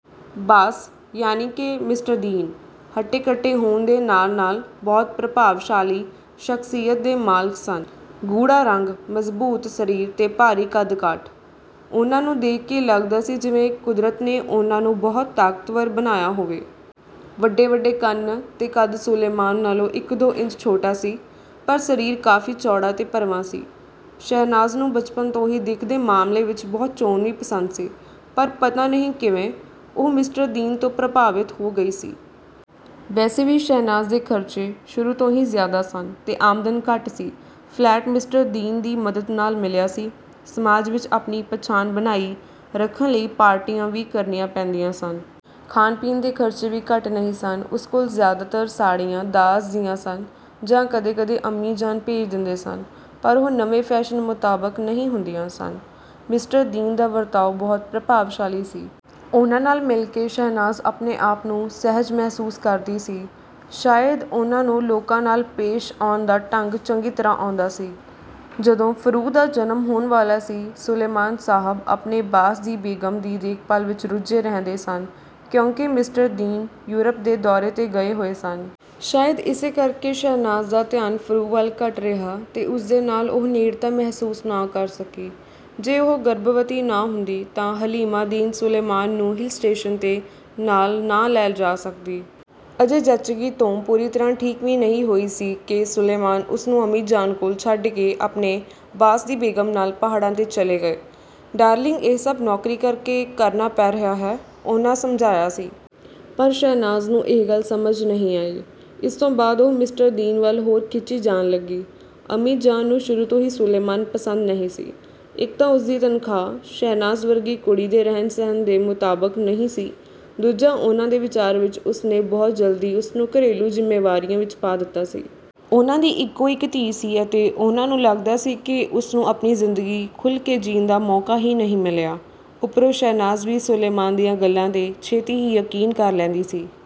ਬਾਸ, ਯਾਨੀ ਕਿ ਮਿਸਟਰ ਦੀਨ, ਹੱਟੇ-ਕੱਟੇ ਹੋਣ ਦੇ ਨਾਲ-ਨਾਲ ਬਹੁਤ ਪ੍ਰਭਾਵਸ਼ਾਲੀ ਸ਼ਖ਼ਸੀਅਤ ਦੇ ਮਾਲਕ ਸਨ। ਗੂੜ੍ਹਾ ਰੰਗ, ਮਜ਼ਬੂਤ ਸਰੀਰ ਤੇ ਭਾਰੀ ਕੱਦ-ਕਾਠ। ਉਹਨਾਂ ਨੂੰ ਦੇਖ ਕੇ ਲੱਗਦਾ ਸੀ ਜਿਵੇਂ ਕੁਦਰਤ ਨੇ ਉਹਨਾਂ ਨੂੰ ਬਹੁਤ ਤਾਕਤਵਰ ਬਣਾਇਆ ਹੋਵੇ। ਵੱਡੇ-ਵੱਡੇ ਕੰਨ ਤੇ ਕੱਦ ਸੁਲੇਮਾਨ ਨਾਲੋਂ ਇੱਕ-ਦੋ ਇੰਚ ਛੋਟਾ ਸੀ, ਪਰ ਸਰੀਰ ਕਾਫ਼ੀ ਚੌੜਾ ਤੇ ਭਰਵਾਂ ਸੀ। ਸ਼ਹਿਨਾਜ਼ ਨੂੰ ਬਚਪਨ ਤੋਂ ਹੀ ਦਿੱਖ ਦੇ ਮਾਮਲੇ ਵਿੱਚ ਬਹੁਤ ਚੋਣਵੀਂ ਪਸੰਦ ਸੀ, ਪਰ ਪਤਾ ਨਹੀਂ ਕਿਵੇਂ ਉਹ ਮਿਸਟਰ ਦੀਨ ਤੋਂ ਪ੍ਰਭਾਵਿਤ ਹੋ ਗਈ ਸੀ। ਵੈਸੇ ਵੀ ਸ਼ਹਿਨਾਜ਼ ਦੇ ਖਰਚੇ ਸ਼ੁਰੂ ਤੋਂ ਹੀ ਜ਼ਿਆਦਾ ਸਨ ਤੇ ਆਮਦਨ ਘੱਟ ਸੀ। ਫ਼ਲੈਟ ਮਿਸਟਰ ਦੀਨ ਦੀ ਮਦਦ ਨਾਲ ਮਿਲਿਆ ਸੀ। ਸਮਾਜ ਵਿੱਚ ਆਪਣੀ ਪਛਾਣ ਬਣਾਈ ਰੱਖਣ ਲਈ ਪਾਰਟੀਆਂ ਵੀ ਕਰਣੀਆਂ ਪੈਂਦੀਆਂ ਸਨ। ਖਾਣ-ਪੀਣ ਦੇ ਖਰਚੇ ਵੀ ਘੱਟ ਨਹੀਂ ਸਨ। ਉਸ ਕੋਲ ਜ਼ਿਆਦਾਤਰ ਸਾੜੀਆਂ ਦਾਜ਼ ਦੀਆਂ ਸਨ ਜਾਂ ਕਦੇ-ਕਦੇ ਅੰਮੀ ਜਾਨ ਭੇਜ ਦਿੰਦੇ ਸਨ, ਪਰ ਉਹ ਨਵੇਂ ਫੈਸ਼ਨ ਮੁਤਾਬਕ ਨਹੀਂ ਹੁੰਦੀਆਂ ਸਨ। ਮਿਸਟਰ ਦੀਨ ਦਾ ਵਰਤਾਓ ਬਹੁਤ ਪ੍ਰਭਾਵਸ਼ਾਲੀ ਸੀ। ਉਹਨਾਂ ਨਾਲ ਮਿਲ ਕੇ ਸ਼ਹਿਨਾਜ਼ ਆਪਣੇ ਆਪ ਨੂੰ ਸਹਿਜ ਮਹਿਸੂਸ ਕਰਦੀ ਸੀ। ਸ਼ਾਇਦ ਉਹਨਾਂ ਨੂੰ ਲੋਕਾਂ ਨਾਲ ਪੇਸ਼ ਆਉਣ ਦਾ ਢੰਗ ਚੰਗੀ ਤਰ੍ਹਾਂ ਆਉਂਦਾ ਸੀ। ਜਦੋਂ ਫ਼ਰੂ ਦਾ ਜਨਮ ਹੋਣ ਵਾਲਾ ਸੀ, ਸੁਲੇਮਾਨ ਸਾਹਬ ਆਪਣੇ ਬਾਸ ਦੀ ਬੇਗ਼ਮ ਦੀ ਦੇਖਭਾਲ ਵਿੱਚ ਰੁੱਝੇ ਰਹਿੰਦੇ ਸਨ, ਕਿਉਂਕਿ ਮਿਸਟਰ ਦੀਨ ਯੂਰਪ ਦੇ ਦੌਰੇ 'ਤੇ ਗਏ ਹੋਏ ਸਨ। ਸ਼ਾਇਦ ਇਸੇ ਕਰਕੇ ਸ਼ਹਿਨਾਜ਼ ਦਾ ਧਿਆਨ ਫ਼ਰੂ ਵੱਲ ਘੱਟ ਰਿਹਾ ਤੇ ਉਸਦੇ ਨਾਲ ਉਹ ਨੇੜਤਾ ਮਹਿਸੂਸ ਨਾ ਕਰ ਸਕੀ। ਜੇ ਉਹ ਗਰਭਵਤੀ ਨਾ ਹੁੰਦੀ, ਤਾਂ ਹਲੀਮਾ ਦੀਨ ਸੁਲੇਮਾਨ ਨੂੰ ਹਿੱਲ ਸਟੇਸ਼ਨ 'ਤੇ ਨਾਲ ਨਾ ਲੈ ਜਾ ਸਕਦੀ। ਅਜੇ ਜੱਚਗੀ ਤੋਂ ਪੂਰੀ ਤਰ੍ਹਾਂ ਠੀਕ ਵੀ ਨਹੀਂ ਹੋਈ ਸੀ ਕਿ ਸੁਲੇਮਾਨ ਉਸਨੂੰ ਅੰਮੀ ਜਾਨ ਕੋਲ ਛੱਡ ਕੇ ਆਪਣੇ ਬਾਸ ਦੀ ਬੇਗ਼ਮ ਨਾਲ ਪਹਾੜਾਂ 'ਤੇ ਚਲੇ ਗਏ। "ਡਾਰਲਿੰਗ, ਇਹ ਸਭ ਨੌਕਰੀ ਕਰਕੇ ਕਰਨਾ ਪੈ ਰਿਹਾ ਹੈ," ਉਹਨਾਂ ਸਮਝਾਇਆ ਸੀ। ਪਰ ਸ਼ਹਿਨਾਜ਼ ਨੂੰ ਇਹ ਗੱਲ ਸਮਝ ਨਹੀਂ ਆਈ। ਇਸ ਤੋਂ ਬਾਅਦ ਉਹ ਮਿਸਟਰ ਦੀਨ ਵੱਲ ਹੋਰ ਖਿੱਚੀ ਜਾਣ ਲੱਗੀ। ਅੰਮੀ ਜਾਨ ਨੂੰ ਸ਼ੁਰੂ ਤੋਂ ਹੀ ਸੁਲੇਮਾਨ ਪਸੰਦ ਨਹੀਂ ਸੀ। ਇੱਕ ਤਾਂ ਉਸਦੀ ਤਨਖ਼ਾਹ ਸ਼ਹਿਨਾਜ਼ ਵਰਗੀ ਕੁੜੀ ਦੇ ਰਹਿਣ-ਸਹਿਣ ਦੇ ਮੁਤਾਬਕ ਨਹੀਂ ਸੀ, ਦੂਜਾ ਉਹਨਾਂ ਦੇ ਵਿਚਾਰ ਵਿੱਚ ਉਸਨੇ ਬਹੁਤ ਜਲਦੀ ਉਸਨੂੰ ਘਰੇਲੂ ਜ਼ਿੰਮੇਵਾਰੀਆਂ ਵਿੱਚ ਪਾ ਦਿੱਤਾ ਸੀ। ਉਹਨਾਂ ਦੀ ਇਕੋ-ਇੱਕ ਧੀ ਸੀ ਅਤੇ ਉਹਨਾਂ ਨੂੰ ਲੱਗਦਾ ਸੀ ਕਿ ਉਸਨੂੰ ਆਪਣੀ ਜ਼ਿੰਦਗੀ ਖੁੱਲ੍ਹ ਕੇ ਜੀਣ ਦਾ ਮੌਕਾ ਹੀ ਨਹੀਂ ਮਿਲਿਆ। ਉੱਪਰੋਂ ਸ਼ਹਿਨਾਜ਼ ਵੀ ਸੁਲੇਮਾਨ ਦੀਆਂ ਗੱਲਾਂ 'ਤੇ ਛੇਤੀ ਹੀ ਯਕੀਨ ਕਰ ਲੈਂਦੀ ਸੀ।